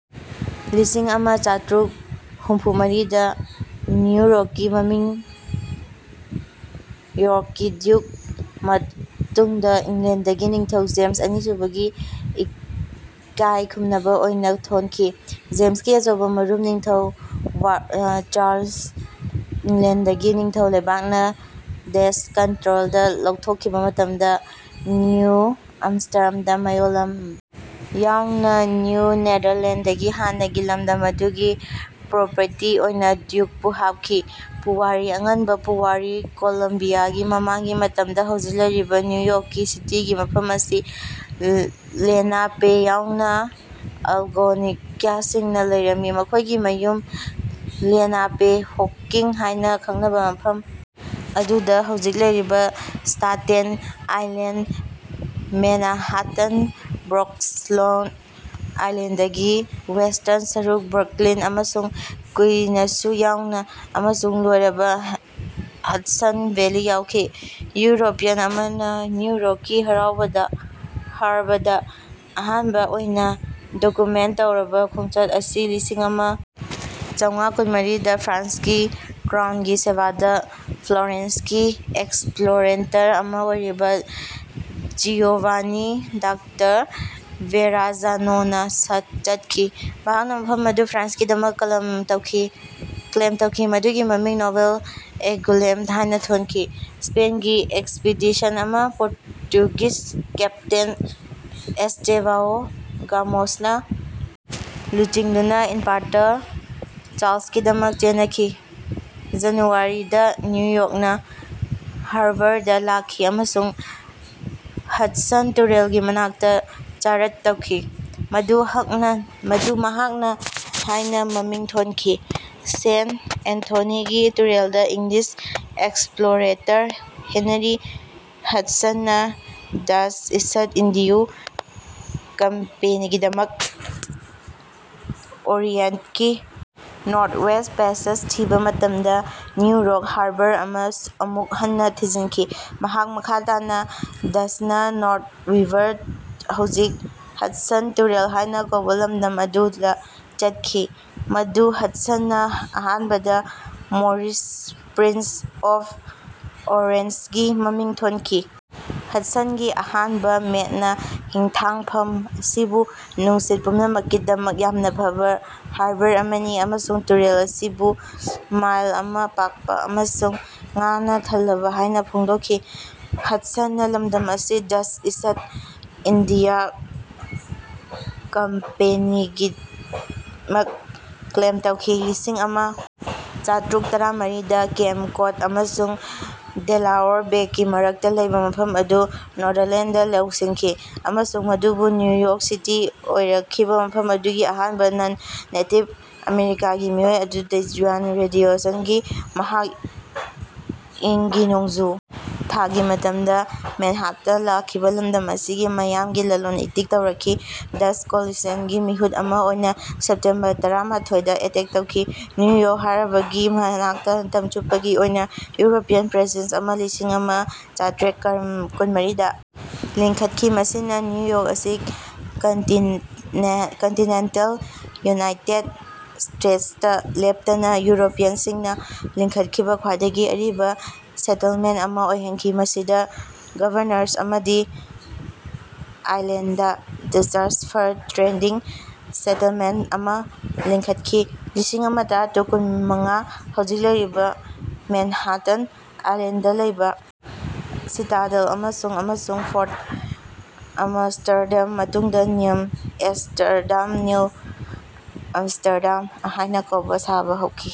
ꯂꯤꯁꯤꯡ ꯑꯃ ꯆꯥꯇ꯭ꯔꯨꯛ ꯍꯨꯝꯐꯨꯃꯔꯤꯗꯥ ꯅ꯭ꯌꯨ ꯌꯣꯔꯛꯀꯤ ꯃꯃꯤꯡ ꯌꯣꯔꯛꯀꯤ ꯗ꯭ꯌꯨꯛ ꯃꯇꯨꯡꯗꯥ ꯏꯪꯂꯦꯟꯗꯒꯤ ꯅꯤꯡꯊꯧ ꯖꯦꯃꯁ ꯑꯅꯤꯁꯨꯕꯥꯒꯤ ꯏꯀꯥꯏ ꯈꯨꯝꯅꯕꯥ ꯑꯣꯏꯅꯥ ꯊꯣꯟꯈꯤ꯫ ꯖꯦꯝꯁꯀꯤ ꯑꯆꯧꯕꯥ ꯃꯔꯨꯞ ꯅꯤꯡꯊꯧ ꯆꯥꯔꯂꯁ ꯏꯪꯂꯦꯟꯗꯒꯤ ꯅꯤꯡꯊꯧ ꯂꯩꯕꯥꯛꯅꯥ ꯗꯆ꯭ꯁ ꯀꯟꯇ꯭ꯔꯣꯜꯗꯒꯤ ꯂꯧꯊꯣꯛꯈꯤꯕꯥ ꯃꯇꯝꯗꯥ ꯅ꯭ꯌꯨ ꯑꯃꯃꯁ꯭ꯇꯔꯗꯥꯝ ꯃꯌꯣꯜꯂꯝ ꯌꯥꯎꯅꯥ ꯅ꯭ꯌꯨ ꯅꯦꯗꯥꯔꯂꯦꯟꯗꯒꯤ ꯍꯥꯟꯅꯒꯤ ꯂꯝꯗꯝ ꯑꯗꯨꯒꯤ ꯄ꯭ꯔꯣꯄꯔꯇꯤ ꯑꯣꯏꯅꯥ ꯗ꯭ꯌꯨꯛꯄꯨ ꯍꯥꯞꯈꯤ꯫ ꯄꯨꯋꯥꯔꯤ ꯑꯉꯟꯕ ꯄꯨꯋꯥꯔꯤ ꯀꯣꯂꯝꯕꯤꯌꯥꯒꯤ ꯃꯃꯥꯡꯒꯤ ꯃꯇꯝꯗꯥ ꯍꯧꯖꯤꯛ ꯂꯩꯔꯤꯕꯥ ꯅ꯭ꯌꯨ ꯌꯣꯔꯛ ꯁꯤꯇꯤꯒꯤ ꯃꯐꯝ ꯑꯁꯤ ꯂꯦꯅꯥꯄꯦ ꯌꯥꯎꯅꯥ ꯑꯜꯒꯣꯅꯀꯤꯌꯥꯅꯁꯤꯡꯅꯥ ꯂꯩꯔꯝꯃꯤ꯫ ꯃꯈꯣꯏꯒꯤ ꯃꯌꯨꯝ ꯂꯦꯅꯥꯄꯦꯍꯣꯀꯤꯡ ꯍꯥꯏꯅꯥ ꯈꯪꯅꯕꯥ ꯃꯐꯝ ꯑꯗꯨꯗꯥ ꯍꯧꯖꯤꯛ ꯂꯩꯔꯤꯕꯥ Staten Island Manhattan Bronx Long ꯑꯥꯏꯂꯦꯟꯗꯒꯤ ꯋꯦꯁ꯭ꯇꯔꯟ ꯁꯔꯨꯛ ꯕ꯭ꯔꯨꯛꯂꯤꯟ ꯑꯃꯁꯨꯡ ꯀꯨꯏꯅꯁ ꯌꯥꯎꯅꯥ ꯑꯃꯁꯨꯡ ꯂꯣꯏꯔꯕꯥ ꯍꯗꯁꯟ ꯚꯦꯂꯤ ꯌꯥꯎꯈꯤ꯫ ꯌꯨꯔꯣꯄꯤꯌꯟ ꯑꯃꯅꯥ ꯅ꯭ꯌꯨ ꯌꯣꯔꯛ ꯍꯥꯔꯕꯔꯗꯥ ꯑꯍꯥꯟꯕꯥ ꯑꯣꯏꯅꯥ ꯗꯣꯀꯨꯃꯦꯟꯠ ꯇꯧꯔꯕꯥ ꯈꯣꯡꯆꯠ ꯑꯗꯨ ꯂꯤꯁꯤꯡ ꯑꯃ ꯆꯧꯉꯥ ꯀꯨꯟꯃꯔꯤꯗꯥ ꯐ꯭ꯔꯥꯟꯁꯀꯤ ꯀ꯭ꯔꯥꯎꯟꯒꯤ ꯁꯦꯕꯥꯗꯥ ꯐ꯭ꯂꯣꯔꯦꯟꯁꯀꯤ ꯑꯦꯛꯁꯄ꯭ꯂꯣꯔꯦꯇꯔ ꯑꯃꯥ ꯑꯣꯏꯔꯤꯕꯥ ꯖꯤꯑꯣꯚꯥꯅꯤ ꯗꯥ ꯚꯦꯔꯥꯖꯥꯅꯣꯅꯥ ꯆꯠꯈꯤ꯫ ꯃꯍꯥꯛꯅꯥ ꯃꯐꯝ ꯑꯗꯨ ꯐ꯭ꯔꯥꯟꯁꯀꯤꯗꯃꯛ ꯀ꯭ꯂꯦꯝ ꯇꯧꯈꯤ ꯑꯃꯁꯨꯡ ꯃꯗꯨꯒꯤ ꯃꯃꯤꯡ ꯅꯣꯚꯦꯜ ꯑꯦꯡꯒꯨꯂꯦꯝ ꯍꯥꯏꯅꯥ ꯊꯣꯟꯈꯤ꯫ ꯁ꯭ꯄꯦꯟꯒꯤ ꯑꯦꯛꯁꯄꯤꯗꯤꯁꯟ ꯑꯃꯥ ꯄꯣꯔꯇꯨꯒꯤꯖ ꯀꯦꯞꯇꯦꯟ ꯑꯦꯁ꯭ꯇꯦꯚꯥꯑꯣ ꯒꯣꯃꯦꯁꯅꯥ ꯂꯨꯆꯤꯡꯗꯨꯅꯥ ꯏꯝꯄꯥꯔꯇꯔ ꯆꯥꯔꯂꯁꯀꯤꯗꯃꯛ ꯆꯦꯅꯈꯤ꯫ ꯖꯅꯨꯋꯥꯔꯤ ꯗꯥ ꯅ꯭ꯌꯨ ꯏꯌꯔꯛ ꯍꯥꯔꯕꯔꯗꯥ ꯂꯥꯛꯈꯤ ꯑꯃꯁꯨꯡ ꯍꯗꯁꯟ ꯇꯨꯔꯦꯜꯒꯤ ꯃꯅꯥꯛꯇꯥ ꯆꯥꯔꯠ ꯇꯧꯈꯤ ꯃꯗꯨ ꯃꯍꯥꯛꯅꯥ ꯍꯥꯏꯅꯥ ꯃꯃꯤꯡ ꯊꯣꯟꯈꯤ ꯁꯦꯟꯇ ꯑꯦꯟꯊꯣꯅꯤꯒꯤ ꯇꯨꯔꯦꯜꯗꯥ ꯏꯪꯂꯤꯁ ꯑꯦꯛꯁꯄ꯭ꯂꯣꯔꯦꯇꯔ ꯍꯦꯅꯔꯤ ꯍꯗꯁꯟꯅꯥ ꯗꯆ꯭ꯁ ꯏꯁ꯭ꯠ ꯏꯟꯗꯤꯌꯥ ꯀꯝꯄꯦꯅꯤꯒꯤꯗꯃꯛ ꯑꯣꯔꯤꯑꯦꯟꯠꯀꯤ ꯅꯣꯔꯊꯋꯦꯁ꯭ꯠ ꯄꯦꯁꯦꯖ ꯊꯤꯕꯥ ꯃꯇꯝꯗꯥ ꯅ꯭ꯌꯨ ꯌꯣꯔꯛ ꯍꯥꯔꯕꯔ ꯑꯃꯨꯛ ꯍꯟꯅꯥ ꯊꯤꯖꯤꯟꯈꯤ꯫ ꯃꯍꯥꯛ ꯃꯈꯥ ꯇꯥꯅꯥ ꯗꯆ꯭ꯁꯅꯥ ꯅꯣꯔꯊ ꯔꯤꯚꯔ ꯍꯧꯖꯤꯛ ꯍꯗꯁꯟ ꯇꯨꯔꯦꯜ ꯍꯥꯏꯅꯥ ꯀꯧꯕꯥ ꯂꯝꯗꯝ ꯑꯗꯨꯗꯥ ꯆꯠꯈꯤ ꯃꯗꯨ ꯍꯗꯁꯟꯅꯥ ꯑꯍꯥꯟꯕꯗꯥ ꯃꯣꯔꯤꯁꯁ ꯄ꯭ꯔꯤꯟꯁ ꯑꯣꯐ ꯑꯣꯔꯦꯟꯖꯒꯤ ꯃꯃꯤꯡ ꯊꯣꯟꯈꯤ꯫ ꯍꯗꯁꯟꯒꯤ ꯑꯍꯥꯟꯕꯥ ꯃꯦꯠꯅꯥ ꯍꯤꯊꯥꯡꯐꯝ ꯑꯁꯤꯕꯨ ꯅꯨꯡꯁꯤꯠ ꯄꯨꯝꯅꯃꯛꯀꯤꯗꯃꯛ ꯌꯥꯝꯅꯥ ꯐꯕꯥ ꯍꯥꯔꯕꯔ ꯑꯃꯅꯤ ꯑꯃꯁꯨꯡ ꯇꯨꯔꯦꯜ ꯑꯁꯤꯕꯨ ꯃꯥꯏꯜ ꯑꯃꯥ ꯄꯥꯛꯄꯥ ꯑꯃꯁꯨꯡ ꯉꯥꯅꯥ ꯊꯜꯂꯕꯥ ꯍꯥꯏꯅꯥ ꯐꯣꯡꯗꯣꯛꯈꯤ꯫ ꯍꯗꯁꯟꯅꯥ ꯂꯝꯗꯝ ꯑꯁꯤ ꯗꯆ꯭ꯁ ꯏꯁ꯭ꯠ ꯏꯟꯗꯤꯌꯥ ꯀꯝꯄꯦꯅꯤꯒꯤꯗꯃꯛ ꯀ꯭ꯂꯦꯝ ꯇꯧꯈꯤ꯫ ꯂꯤꯁꯤꯡ ꯑꯃ ꯆꯥꯇ꯭ꯔꯨꯛ ꯇꯔꯥꯃꯔꯤꯗ ꯀꯦꯞ ꯀꯣꯗ ꯑꯃꯁꯨꯡ ꯗꯦꯂꯥꯑꯣꯔ ꯕꯦꯒꯤ ꯃꯔꯛꯇꯥ ꯂꯩꯕꯥ ꯃꯐꯝ ꯑꯗꯨ ꯅꯦꯗꯥꯔꯂꯦꯟꯗꯅꯥ ꯂꯧꯁꯤꯟꯈꯤ ꯑꯃꯁꯨꯡ ꯃꯗꯨꯕꯨ ꯅ꯭ꯌꯨ ꯌꯣꯔꯛ ꯁꯤꯇꯤ ꯑꯣꯏꯔꯛꯈꯤꯕꯥ ꯃꯐꯝ ꯑꯗꯨꯒꯤ ꯑꯍꯥꯟꯕꯥ ꯅꯟ ꯅꯦꯇꯤꯕ ꯑꯃꯦꯔꯤꯀꯥꯒꯤ ꯃꯤꯑꯣꯏ ꯑꯗꯨꯗꯤ ꯖꯨꯌꯥꯟ ꯔꯣꯗ꯭ꯔꯤꯒꯦꯖꯅꯤ ꯃꯍꯥꯛ ꯏꯪ ꯒꯤ ꯅꯣꯡꯖꯨ ꯊꯥꯒꯤ ꯃꯇꯝꯗꯥ ꯃꯦꯟꯍꯥꯇꯟꯗꯥ ꯂꯥꯛꯈꯤꯕꯥ ꯂꯝꯗꯝ ꯑꯗꯨꯒꯤ ꯃꯤꯌꯥꯝꯒꯥ ꯂꯂꯣꯟ ꯏꯇꯤꯛ ꯇꯧꯔꯛꯈꯤ ꯗꯆ꯭ꯁ ꯀꯣꯂꯣꯅꯤꯁ꯭ꯠꯁꯤꯡꯒꯤ ꯃꯤꯍꯨꯠ ꯑꯃꯥ ꯑꯣꯏꯅꯥ꯫ ꯁꯦꯞꯇꯦꯝꯕꯔ ꯇꯔꯥꯃꯥꯊꯣꯏꯗꯥ ꯑꯦꯇꯦꯛ ꯇꯧꯈꯤ꯫ ꯅ꯭ꯌꯨ ꯌꯣꯔꯛ ꯍꯥꯔꯕꯔꯒꯤ ꯃꯅꯥꯛꯇꯥ ꯃꯇꯝ ꯆꯨꯞꯄꯒꯤ ꯑꯣꯏꯅꯥ ꯌꯨꯔꯣꯄꯤꯌꯟ ꯄ꯭ꯔꯦꯖꯦꯟꯁ ꯑꯃꯥ ꯂꯤꯁꯤꯡ ꯑꯃ ꯆꯥꯇ꯭ꯔꯨꯛ ꯀꯨꯟꯃꯔꯤꯗꯥ ꯂꯤꯡꯈꯠꯈꯤ ꯃꯁꯤꯅꯥ ꯅ꯭ꯌꯨ ꯌꯣꯔꯛ ꯑꯁꯤ ꯀꯟꯇꯤꯅꯦꯟꯇꯜ ꯌꯨꯅꯥꯏꯇꯦꯗ ꯁ꯭ꯇꯦꯇꯁꯇꯥ ꯂꯦꯞꯇꯅꯥ ꯌꯨꯔꯣꯄꯤꯌꯟꯁꯤꯡꯅꯥ ꯂꯤꯡꯈꯠꯈꯤꯕꯥ ꯈ꯭ꯋꯥꯏꯗꯒꯤ ꯑꯔꯤꯕꯥ ꯁꯦꯇꯜꯃꯦꯟꯠ ꯑꯃꯥ ꯑꯣꯏꯍꯟꯈꯤ ꯃꯁꯤꯗꯥ ꯒꯚꯔꯅꯔꯁ ꯑꯥꯏꯂꯦꯟꯗꯗꯥ ꯗꯆ꯭ꯁ ꯐꯔ ꯇ꯭ꯔꯦꯗꯤꯡ ꯁꯦꯇꯜꯃꯦꯟꯇꯠꯑꯃꯥ ꯂꯤꯡꯈꯠꯈꯤ꯫ ꯂꯤꯁꯤꯡ ꯑꯃ ꯆꯥꯇ꯭ꯔꯨꯛ ꯀꯨꯟꯃꯉꯥ ꯍꯧꯖꯤꯛ ꯂꯩꯔꯤꯕꯥ ꯃꯦꯅꯍꯥꯇꯟ ꯑꯥꯏꯂꯦꯟꯗꯗꯥ ꯂꯩꯕꯥ ꯁꯤꯇꯥꯗꯦꯜ ꯑꯃꯥ ꯑꯃꯁꯨꯡ ꯐꯣꯔꯠ ꯑꯃꯃꯁ꯭ꯇꯔꯗꯥꯝ ꯃꯇꯨꯡꯗꯥ ꯅꯤꯎ ꯑꯦꯝꯁ꯭ꯇꯔꯗꯥꯝ ꯅ꯭ꯌꯨ ꯑꯃꯃꯁ꯭ꯇꯔꯗꯥꯝ ꯍꯥꯏꯅꯥ ꯀꯧꯕꯥ ꯁꯥꯕꯥ ꯍꯧꯈꯤ꯫